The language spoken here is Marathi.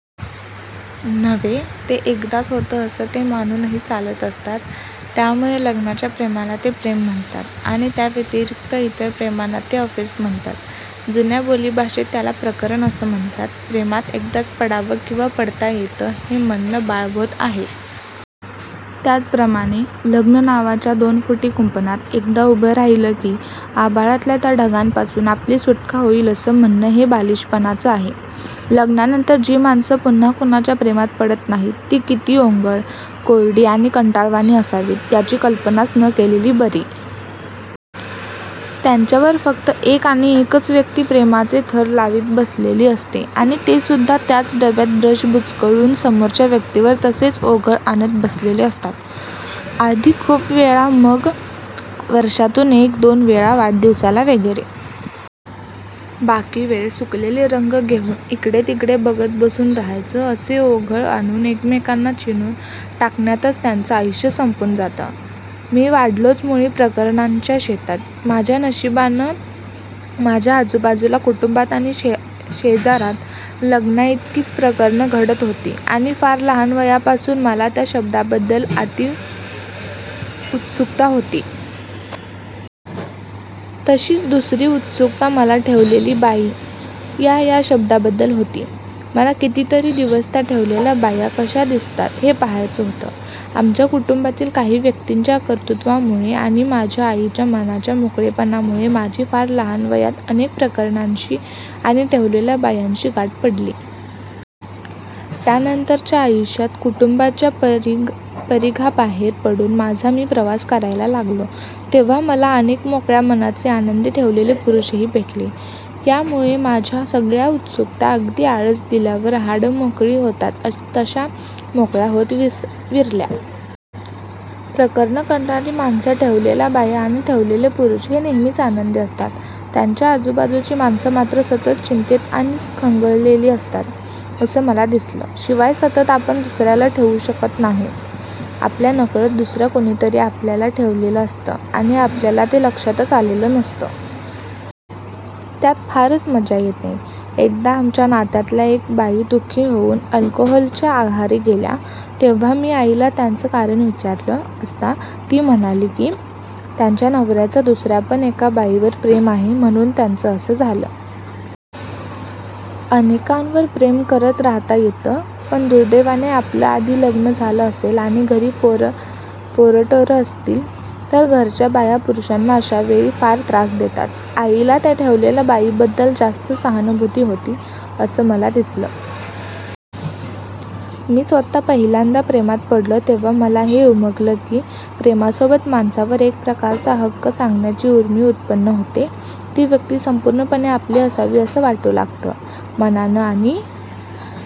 नव्हे, ते एकदाच होतं असं ते मानूनही चालत असतात. त्यामुळे लग्नाच्या प्रेमाला ते प्रेम म्हणतात आणि त्याव्यतिरिक्त इतर प्रेमांना ते अफेअर्स म्हणतात. जुन्या बोली भाषेत त्याला प्रकरण असं म्हणतात. प्रेमात एकदाच पडावं किंवा पडता येतं हे म्हणणं बाळबोध आहे. त्याचप्रमाणे लग्न नावाच्या दोन फुटी कुंपणात एकदा उभं राहिलं की, आभाळातल्या त्या ढगांपासून आपली सुटका होईल असं म्हणणं हे बालीशपणाचं आहे. लग्नानंतर जी माणसं पुन्हा कुणाच्या प्रेमात पडत नाहीत ती किती ओंगळ, कोरडी आणि कंटाळवाणी असावीत याची कल्पनाच न केलेली बरी. त्यांच्यावर फक्त एक आणि एकच व्यक्ती प्रेमाचे थर लावीत बसलेली असते आणि तेसुद्धा त्याच डब्यात ब्रश बुचकळून समोरच्या व्यक्तीवर तसेच ओघळ आणत बसलेले असतात. आधी खूप वेळा, मग वर्षातून एक दोन वेळा वाढदिवसाला वगैरे. बाकी वेळ सुकलेले रंग घेऊन इकडेतिकडे बघत बसून राहायचं. असे ओघळ आणून एकमेकांना चिणून टाकण्यातच त्यांचं आयुष्य संपून जातं. मी वाढलोच मुळी प्रकरणांच्या शेतात. माझ्या नशिबानं माझ्या आजूबाजूला, कुटुंबात आणि शेजारात लग्नांइतकीच प्रकरणं घडत होती आणि फार लहान वयापासून मला त्या शब्दाबद्दल अतीव उत्सुकता होती. तशीच दुसरी उत्सुकता मला ठेवलेली बाई या या शब्दाबद्दल होती. मला कितीतरी दिवस त्या ठेवलेल्या बाया कशा दिसतात ते पाहायचं होतं. आमच्या कुटुंबातील काही व्यक्तींच्या कर्तृत्वामुळे आणि माझ्या आईच्या मनाच्या मोकळेपणामुळे माझी फार लहान वयात अनेक प्रकरणांशी आणि ठेवलेल्या बायांशी गाठ पडली. त्यानंतरच्या आयुष्यात कुटुंबाच्या परिघाबाहेर पडून माझा मी प्रवास करायला लागलो तेव्हा मला अनेक मोकळ्या मनाचे, आनंदी ठेवलेले पुरुषही भेटले. यामुळे माझ्या सगळ्या उत्सुकता अगदी आळस दिल्यावर हाडं मोकळी होतात तशा मोकळ्या होत विरल्या. प्रकरणं करणारी माणसं, ठेवलेल्या बाया आणि ठेवलेले पुरुष हे नेहमीच आनंदी असतात. त्यांच्या आजूबाजूची माणसं मात्र सतत चिंतेत आणि खंगलेली असतात, असं मला दिसलं. शिवाय सतत आपण दुसऱ्याला ठेवू शकत नाही. आपल्या नकळत दुसऱ्या कुणीतरी आपल्याला ठेवलेलं असतं आणि आपल्याला ते लक्षातच आलेलं नसतं. त्यात फारच मजा येते. एकदा आमच्या नात्यातल्या एक बाई दुःखी होऊन अल्कोहोलच्या आहारी गेल्या, तेव्हा मी आईला त्याचं कारण विचारलं असता ती म्हणाली की, त्यांच्या नवऱ्याचं दुसर्यापण एका बाईवर प्रेम आहे म्हणून त्यांचं असं झालं. अनेकांवर प्रेम करत राहता येतं. पण दुर्दैवानं आपलं आधी लग्न झालं असेल आणि घरी पोरंटोरं असतील तर घरच्या बाया पुरुषांना अशावेळी फार त्रास देतात. आईला त्या ठेवलेल्या बाईबद्दल जास्त सहानुभूती होती असं मला दिसलं. मी स्वतः पहिल्यांदा प्रेमात पडलो तेव्हा मला हे उमगलं की, प्रेमासोबत माणसावर एक प्रकारचा हक्क सांगण्याची ऊर्मी उत्पन्न होते. ती व्यक्ती संपूर्णपणे आपली असावी असं वाटू लागतं, मनानं आणि